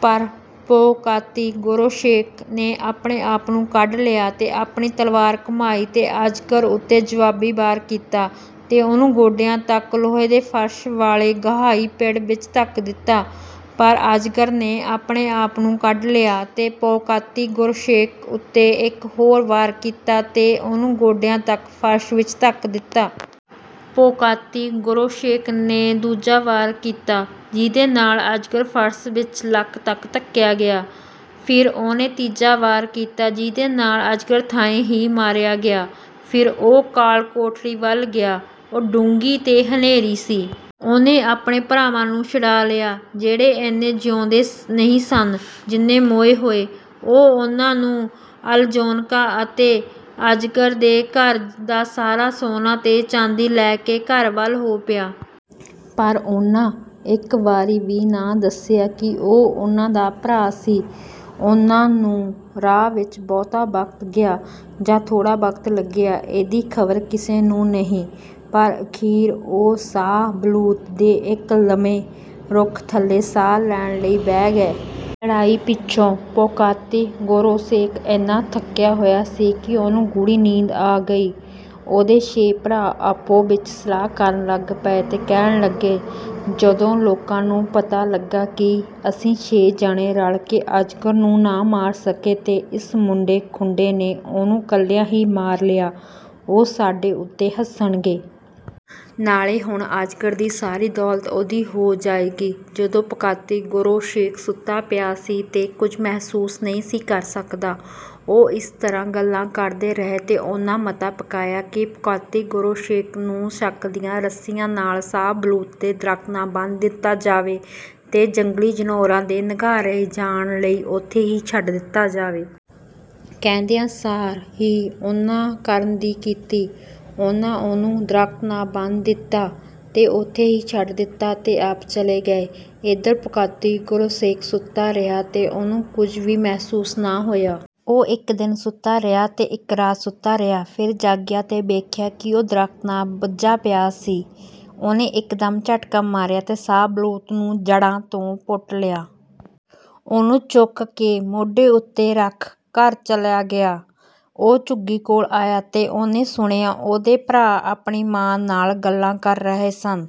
ਪਰ ਪੋਕਾਤੀ-ਗੋਰੋਸ਼ੇਕ ਨੇ ਆਪਣੇ ਆਪ ਨੂੰ ਕੱਢ ਲਿਆ ਤੇ ਆਪਣੀ ਤਲਵਾਰ ਘੁਮਾਈ ਤੇ ਅਜਗਰ ਉੱਤੇ ਜਵਾਬੀ ਵਾਰ ਕੀਤਾ ਤੇ ਉਹਨੂੰ ਗੋਡਿਆਂ ਤੱਕ ਲੋਹੇ ਦੇ ਫ਼ਰਸ਼ ਵਾਲੇ ਗਹਾਈ-ਪਿੜ ਵਿੱਚ ਧੱਕ ਦਿੱਤਾ। ਪਰ ਅਜਗਰ ਨੇ ਆਪਣੇ ਆਪ ਨੂੰ ਕੱਢ ਲਿਆ ਤੇ ਪੋਕਾਤੀ-ਗੋਰੋਸ਼ੇਕ ਉੱਤੇ ਇੱਕ ਹੋਰ ਵਾਰ ਕੀਤਾ ਤੇ ਉਹਨੂੰ ਗੋਡਿਆਂ ਤੱਕ ਫ਼ਰਸ਼ ਵਿੱਚ ਧੱਕ ਦਿੱਤਾ। ਪੋਕਾਤੀ-ਗੋਰੋਸ਼ੇਕ ਨੇ ਦੂਜਾ ਵਾਰ ਕੀਤਾ, ਜਿਹਦੇ ਨਾਲ ਅਜਗਰ ਫ਼ਰਸ਼ ਵਿੱਚ ਲੱਕ ਤੱਕ ਧੱਕਿਆ ਗਿਆ। ਫਿਰ ਉਹਨੇ ਤੀਜਾ ਵਾਰ ਕੀਤਾ, ਜਿਹਦੇ ਨਾਲ ਅਜਗਰ ਥਾਂਏਂ ਹੀ ਮਾਰਿਆ ਗਿਆ। ਫਿਰ ਉਹ ਕਾਲ-ਕੋਠੜੀ ਵੱਲ ਗਿਆ। ਉਹ ਡੂੰਘੀ ਤੇ ਹਨੇਰੀ ਸੀ। ਉਹਨੇ ਆਪਣੇ ਭਰਾਵਾਂ ਨੂੰ ਛੁਡਾ ਲਿਆ, ਜਿਹੜੇ ਐਨੇ ਜਿਉਂਦੇ ਨਹੀਂ ਸਨ, ਜਿੰਨੇ ਮੋਏ ਹੋਏ। ਉਹ ਉਹਨਾਂ ਨੂੰ, ਅਲਯੋਨਕਾ ਨੂੰ ਅਤੇ ਅਜਗਰ ਦੇ ਘਰ ਦਾ ਸਾਰਾ ਸੋਨਾ ਤੇ ਚਾਂਦੀ ਲੈ ਕੇ ਘਰ ਵੱਲ ਹੋ ਪਿਆ। ਪਰ ਉਹਨਾ ਇੱਕ ਵਾਰੀ ਵੀ ਨਾ ਦੱਸਿਆ ਕਿ ਉਹ ਉਹਨਾਂ ਦਾ ਭਰਾ ਸੀ। ਉਹਨਾਂ ਨੂੰ ਰਾਹ ਵਿੱਚ ਬਹੁਤਾ ਵਕਤ ਗਿਆ ਜਾਂ ਥੋੜ੍ਹਾ ਵਕਤ ਲੱਗਿਆ, ਇਹਦੀ ਖ਼ਬਰ ਕਿਸੇ ਨੂੰ ਨਹੀਂ। ਪਰ ਅਖ਼ੀਰ ਉਹ ਸ਼ਾਹ ਬਲੂਤ ਦੇ ਇੱਕ ਲਵੇਂ ਰੁੱਖ ਥੱਲੇ ਸਾਹ ਲੈਣ ਲਈ ਬਹਿ ਗਏ। ਲੜਾਈ ਪਿੱਛੋਂ ਪੋਕਾਤੀ-ਗੋਰੋਸ਼ੇਕ ਐਨਾ ਥੱਕਿਆ ਹੋਇਆ ਸੀ ਕਿ ਉਹਨੂੰ ਗੂੜ੍ਹੀ ਨੀਂਦ ਆ ਗਈ। ਉਹਦੇ ਛੇ ਭਰਾ ਆਪੋ ਵਿੱਚ ਸਲਾਹ ਕਰਨ ਲੱਗ ਪਏ ਤੇ ਕਹਿਣ ਲੱਗੇ, “ਜਦੋਂ ਲੋਕਾਂ ਨੂੰ ਪਤਾ ਲੱਗਾ ਕਿ ਅਸੀਂ ਛੇ ਜਣੇ ਰਲ ਕੇ ਅਜਗਰ ਨੂੰ ਨਾ ਮਾਰ ਸਕੇ ਤੇ ਇਸ ਮੁੰਡੇ-ਖੁੰਡੇ ਨੇ ਉਹਨੂੰ ਇਕੱਲਿਆਂ ਹੀ ਮਾਰ ਲਿਆ, ਉਹ ਸਾਡੇ ਉੱਤੇ ਹੱਸਣਗੇ। ਨਾਲੇ ਹੁਣ ਅਜਗਰ ਦੀ ਸਾਰੀ ਦੌਲਤ ਉਹਦੀ ਹੋ ਜਾਏਗੀ।” ਜਦੋਂ ਪੋਕਾਤੀ-ਗੋਰੋਸ਼ੇਕ ਸੁੱਤਾ ਪਿਆ ਸੀ ਤੇ ਕੁਝ ਮਹਿਸੂਸ ਨਹੀਂ ਸੀ ਕਰ ਸਕਦਾ, ਉਹ ਇਸ ਤਰ੍ਹਾਂ ਗੱਲਾਂ ਕਰਦੇ ਰਹੇ ਤੇ ਉਹਨਾਂ ਮਤਾ ਪਕਾਇਆ ਕਿ ਪੋਕਾਤੀ-ਗੋਰੋਸ਼ੇਕ ਨੂੰ ਸਕ ਦੀਆਂ ਰੱਸੀਆਂ ਨਾਲ ਸ਼ਾਹ ਬਲੂਤ ਦੇ ਦਰਖ਼ਤ ਨਾਲ ਬੰਨ੍ਹ ਦਿੱਤਾ ਜਾਵੇ ਤੇ ਜੰਗਲੀ ਜਨੌਰਾਂ ਦੇ ਨਿਘਾਰੇ ਜਾਣ ਲਈ ਓਥੇ ਹੀ ਛੱਡ ਦਿੱਤਾ ਜਾਵੇ। ਕਹਿੰਦਿਆਂ ਸਾਰ ਹੀ ਉਹਨਾਂ ਕਰਨ ਦੀ ਕੀਤੀ। ਉਹਨਾਂ ਉਹਨੂੰ ਦਰਖ਼ਤ ਨਾਲ ਬੰਨ੍ਹ ਦਿੱਤਾ ਤੇ ਓਥੇ ਹੀ ਛੱਡ ਦਿੱਤਾ ਤੇ ਆਪ ਚਲੇ ਗਏ। ਏਧਰ ਪੋਕਾਤੀ-ਗੋਰੋਸ਼ੇਕ ਸੁੱਤਾ ਰਿਹਾ ਤੇ ਉਹਨੂੰ ਕੁਝ ਵੀ ਮਹਿਸੂਸ ਨਾ ਹੋਇਆ। ਉਹ ਇੱਕ ਦਿਨ ਸੁੱਤਾ ਰਿਹਾ ਤੇ ਇੱਕ ਰਾਤ ਸੁੱਤਾ ਰਿਹਾ। ਫਿਰ ਜਾਗਿਆ ਤੇ ਵੇਖਿਆ ਕਿ ਉਹ ਦਰਖ਼ਤ ਨਾਲ ਬੱਝਾ ਪਿਆ ਸੀ। ਉਹਨੇ ਇੱਕਦਮ ਝਟਕਾ ਮਾਰਿਆ ਤੇ ਸ਼ਾਹ ਬਲੂਤ ਨੂੰ ਜੜ੍ਹਾਂ ਤੋਂ ਪੁੱਟ ਲਿਆ। ਉਹਨੂੰ ਚੁੱਕ ਕੇ ਮੋਢੇ ਉੱਤੇ ਰੱਖ ਘਰ ਚਲਾ ਗਿਆ। ਉਹ ਝੁੱਗੀ ਕੋਲ ਆਇਆ ਤੇ ਉਹਨੇ ਸੁਣਿਆ, ਉਹਦੇ ਭਰਾ ਆਪਣੀ ਮਾਂ ਨਾਲ ਗੱਲਾਂ ਕਰ ਰਹੇ ਸਨ।